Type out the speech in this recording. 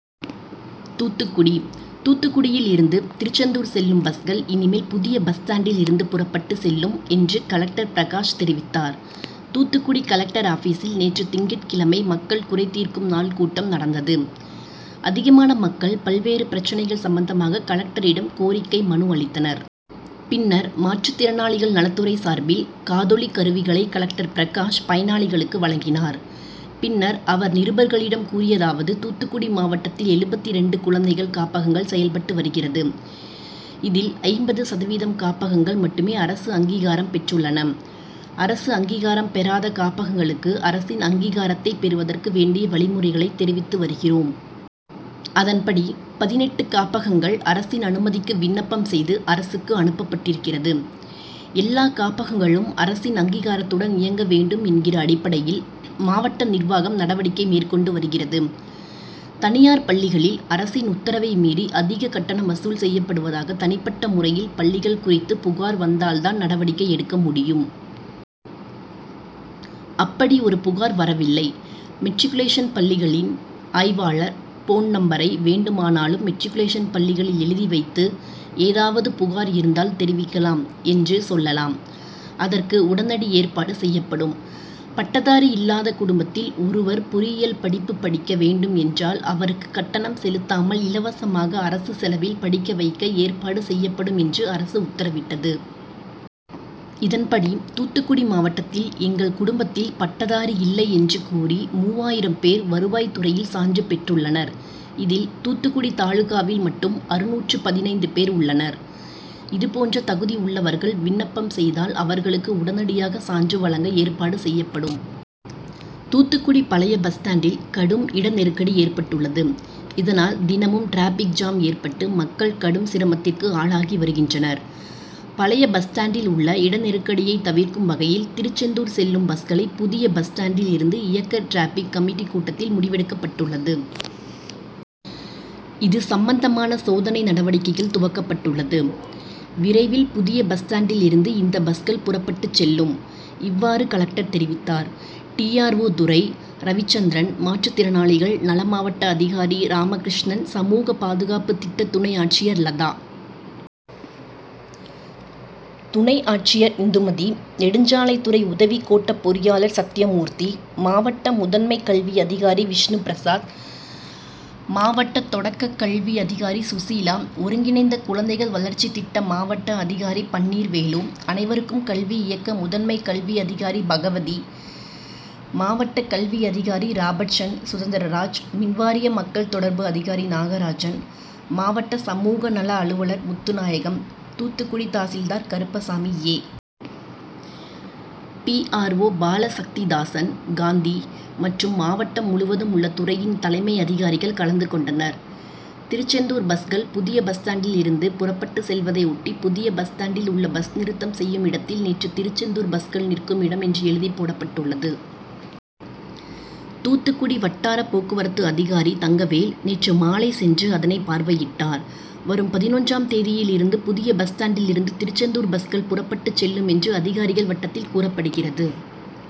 தூத்துக்குடி: தூத்துக்குடியில் இருந்து திருச்செந்தூர் செல்லும் பஸ்கள் இனிமேல் புதிய பஸ் ஸ்டாண்டில் இருந்து புறப்பட்டு செல்லும் என்று கலெக்டர் பிரகாஷ் தெரிவித்தார். தூத்துக்குடி கலெக்டர் ஆபிசில் நேற்று திங்கட்கிழமை மக்கள் குறைதீர்க்கும் நாள் கூட்டம் நடந்தது. அதிகமான மக்கள் பல்வேறு பிரச்னைகள் சம்பந்தமாக கலெக்டரிடம் கோரிக்கை மனு அளித்தனர். பின்னர் மாற்றுதிறனாளிகள் நலத்துறை சார்பில் காதொலி கருவிகளை கலெக்டர் பிரகாஷ் பயனாளிகளுக்கு வழங்கினார். பின்னர் அவர் நிருபர்களிடம் கூறியதாவது தூத்துக்குடி மாவட்டத்தில் எழுபத்திரண்டு குழந்தைகள் காப்பகங்கள் செயல்பட்டு வருகிறது. இதில் ஐம்பது சதவீதம் காப்பகங்கள் மட்டுமே அரசு அங்கீகாரம் பெற்றுள்ளன. அரசு அங்கீகாரம் பெறாத காப்பகங்களுக்கு அரசின் அங்கீகாரத்தை பெறுவதற்கு வேண்டிய வழிமுறைகளை தெரிவித்து வருகிறோம். அதன்படி பதினெட்டு காப்பகங்கள் அரசின் அனுமதிக்கு விண்ணப்பம் செய்து அரசுக்கு அனுப்பப்பட்டிருக்கிறது. எல்லா காப்பகங்களும் அரசின் அங்கீகாரத்துடன் இயங்க வேண்டும் என்கிற அடிப்படையில் மாவட்ட நிர்வாகம் நடவடிக்கை மேற்கொண்டு வருகிறது. தனியார் பள்ளிகளில் அரசின் உத்தரவை மீறி அதிக கட்டணம் வசூல் செய்யப்படுவதாக தனிப்பட்ட முறையில் பள்ளிகள் குறித்து புகார் வந்தால் தான் நடவடிக்கை எடுக்க முடியும். அப்படி ஒரு புகார் வரவில்லை. மெட்ரிக்குலேஷன் பள்ளிகளின் ஆய்வாளர் போன் நம்பரை வேண்டுமானாலும் மெட்ரிக்குலேஷன் பள்ளிகளில் எழுதி வைத்து, ஏதாவது புகார் இருந்தால் தெரிவிக்கலாம் என்று சொல்லலாம். அதற்கு உடனடி ஏற்பாடு செய்யப்படும். பட்டதாரி இல்லாத குடும்பத்தில் ஒருவர் பொறியியல் படிப்பு படிக்க வேண்டும் என்றால் அவருக்கு கட்டணம் செலுத்தாமல் இலவசமாக அரசு செலவில் படிக்க வைக்க ஏற்பாடு செய்யப்படும் என்று அரசு உத்தரவிட்டது. இதன்படி தூத்துக்குடி மாவட்டத்தில் எங்கள் குடும்பத்தில் பட்டதாரி இல்லை என்று கூறி மூவாயிரம் பேர் வருவாய்துறையில் சான்று பெற்றுள்ளனர். இதில் தூத்துக்குடி தாலுகாவில் மட்டும் அறுநூற்று பதினைந்து பேர் உள்ளனர். இதுபோன்ற தகுதி உள்ளவர்கள் விண்ணப்பம் செய்தால் அவர்களுக்கு உடனடியாக சான்று வழங்க ஏற்பாடு செய்யப்படும். தூத்துக்குடி பழைய பஸ் ஸ்டாண்டில் கடும் இட நெருக்கடி ஏற்பட்டுள்ளது. இதனால் தினமும் டிராபிக் ஜாம் ஏற்பட்டு மக்கள் கடும் சிரமத்திற்கு ஆளாகி வருகின்றனர். பழைய பஸ் ஸ்டாண்டில் உள்ள இட நெருக்கடியை தவிர்க்கும் வகையில் திருச்செந்தூர் செல்லும் பஸ்களை புதிய பஸ் ஸ்டாண்டில் இருந்து இயக்க டிராபிக் கமிட்டி கூட்டத்தில் முடிவெடுக்கப்பட்டுள்ளது. இது சம்பந்தமான சோதனை நடவடிக்கைகள் துவக்கப்பட்டுள்ளது. விரைவில் புதிய பஸ் ஸ்டாண்டில் இருந்து இந்த பஸ்கள் புறப்பட்டு செல்லும். இவ்வாறு கலெக்டர் தெரிவித்தார். D. R. O Durai. Ravichandran, மாற்றுதிறனாளிகள் நல மாவட்ட அதிகாரி ராமகிருஷ்ணன், சமூக பாதுகாப்பு திட்ட துணை ஆட்சியர் லதா, துணை ஆட்சியர் இந்துமதி, நெடுஞ்சாலைத்துறை உதவி கோட்ட பொறியாளர் சத்தியமூர்த்தி, மாவட்ட முதன்மை கல்வி அதிகாரி விஷ்ணுபிரசாத், மாவட்ட தொடக்க கல்வி அதிகாரி சுசீலா ஒருங்கிணைந்த குழந்தைகள் வளர்ச்சி திட்ட மாவட்ட அதிகாரி பன்னீர்வேலு, அனைவருக்கும் கல்வி இயக்க முதன்மை கல்வி அதிகாரி பகவதி, மாவட்ட கல்வி அதிகாரி ராபர்ட்சன் சுதந்திரராஜ், மின்வாரிய மக்கள் தொடர்பு அதிகாரி நாகராஜன், மாவட்ட சமூக நல அலுவலர் Muthunayagam, Thoothukudi tahsildar Karuppasamy, A. P. R. O Balasakthidasan, Gandhi மற்றும் மாவட்டம் முழுவதும் உள்ள துறையின் தலைமை அதிகாரிகள் கலந்து கொண்டனர். திருச்செந்தூர் பஸ்கள் புதிய பஸ் ஸ்டாண்டில் இருந்து புறப்பட்டு செல்வதை ஒட்டி புதிய பஸ் ஸ்டாண்டில் உள்ள பஸ் நிறுத்தம் செய்யும் இடத்தில் நேற்று திருச்செந்தூர் பஸ்கள் நிற்கும் இடம் என்று எழுதி போடப்பட்டுள்ளது. தூத்துக்குடி வட்டார போக்குவரத்து அதிகாரி தங்கவேல் நேற்று மாலை சென்று அதனை பார்வையிட்டார். வரும் பதினொன்றாம் தேதியில் இருந்து புதிய பஸ் ஸ்டாண்டில் இருந்து திருச்செந்தூர் பஸ்கள் புறப்பட்டு செல்லும் என்று அதிகாரிகள் வட்டாரத்தில் கூறப்படுகிறது.